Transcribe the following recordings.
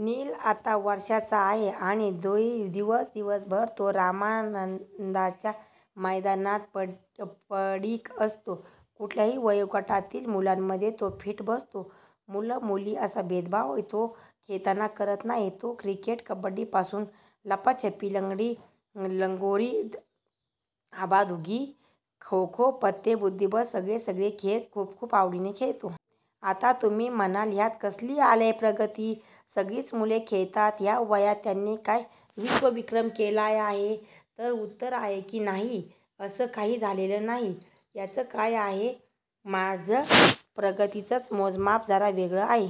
नील आता वर्षांचा आहे आणि दिवस दिवस भर तो रामानंदच्या मैदानात पडिक असतो. कुठल्याही वयोगटातील मुलांमध्ये तो फिट बसतो. मुल मुली असा भेदभाव तो खेळतांना करत नाही. तो क्रिकेट, कबड्डी पासून लपाछुपी, लंगडी, लगोरी, आबाधुबी, खोखो, पत्ते, बुद्धीबळ सगळे सगळे खेळ खूप खूप आवडीने खेळतो. आता तुम्ही म्हणाल ह्यात कसली आलेय प्रगती. सगळीच मुलं खेळतात ह्या वयात. त्यानी काय विश्व विक्रम केला आहे का? तर उत्तर आहे नाही. अस काहीही झालेले नाही. त्याच काय आहे माझ प्रगतीच मोजमाप जरा वेगळ आहे.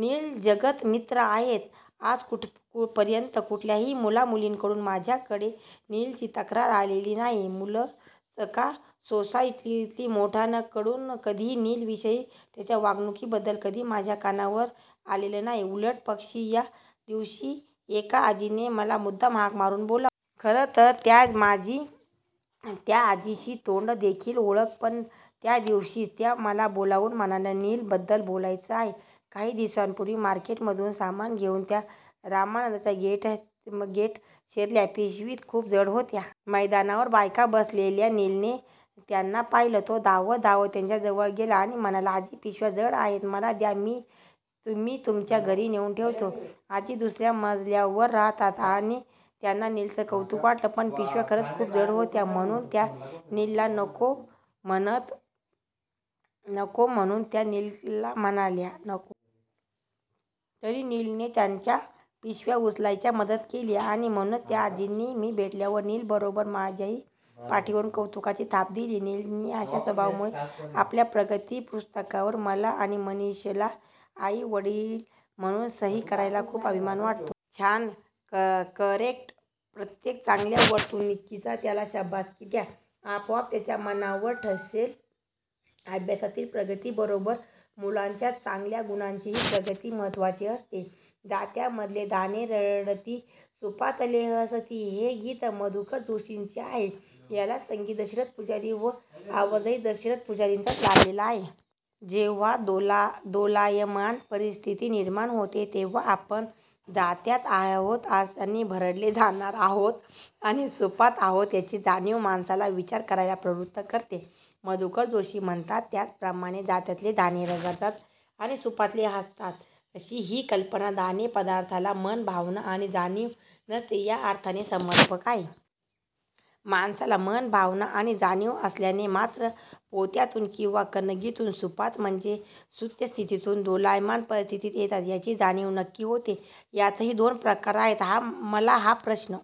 नील जगत मित्र आहे. आज पर्यंत कुठल्याही मुला मुलीं कडून माझ्याकडे नीलची तक्रार आलेली नाही. मुलंच का सोसायटीतल्या मोठ्यांन कडूनही कधीच नील विषयी त्याच्या वागणूकी बद्दल कधी माझ्या कानावर काही आलेले नाही. उलट पक्षी त्या दिवशी एक आजींनी मला मुद्दाम हाक मारून बोलावलं. खर तर माझी त्या आजींशी तोंड देखली ओळख. पण त्या दिवशी त्या मला बोलावून म्हणाल्या नील बद्दल बोलायचे आहे. काही दिवसांपुर्वी मार्केट मधून सामान घेऊन त्या रामानंदच्या गेटात शिरल्या. पिशव्या खूप जड होत्या. मैदानात बाकावर बसलेल्या नीलने त्यांना पाहिलं. तो धावत त्यांच्या जवळ गेला आणि म्हणाला, "आजी पिशव्या जड आहेत. मला द्या मी तुमच्या घरी नेऊन ठेवतो. "आजी दुसर्या मजल्यावर राहतात. त्यांना नीलच कौतुक वाटलं. पण पिशव्या खरंच खूप जड होत्या म्हणून त्या नीलला नको म्हणाल्या. तरी नीलने त्यांना पिशव्या उचलायला मदत केली आणि म्हणूनच त्या आजींनी मी भेटल्यावर नील बरोबर माझ्याही पाठीवर कौतुकाची थाप दिली. नीलच्या अशा स्वभावामुळे त्याच्या प्रगती पुस्तकावर मला आणि मनिषला, आईवडील म्हणून सही करायला खूप अभिमान वाटतो. छानकरेक्ट. प्रत्येक चांगल्या वर्तणुकीची त्याला शाबासकी द्या. आपोआप त्याच्या मनावर ठसेल. अभ्यासातील प्रगती बरोबर मुलांच्या चांगल्या गुणांचीही प्रगती महत्वाची असते. जात्यामधले दाणे रडती सुपातले हसती हे गीत मधुकर जोशींचे आहे. याला संगीत दशरथ पुजारी व आवाजही दशरथ पुजारींचाच लाभला आहे. जेव्हा दोलायमान परिस्थिती निर्माण होते तेव्हा आपण जात्यात आहोत आणि भरडले जाणार आहोत किंवा सुपात आहोत याची जाणिव माणसाला विचार करायला प्रवृत करते. मधुकर जोशी म्हणतात त्याप्रमाणे जात्यामधले दाणे रडतात आणि सुपातले हसतात ही कल्पना दाणे ह्या पदार्थाला मन, भावना, किंवा जाणिव नसते या अर्थाने समर्पक आहे. माणसाला मन, भावना आणि जाणिव असल्याने मात्र पोत्यातुन किंवा कणगीतुन सुपात म्हणजेच सुस्थितीतुन दोलायमान परिस्थीती येताच त्याची जाणिव नक्की होते. यातही दोन प्रकार आहेत. " मला हा प्रश्न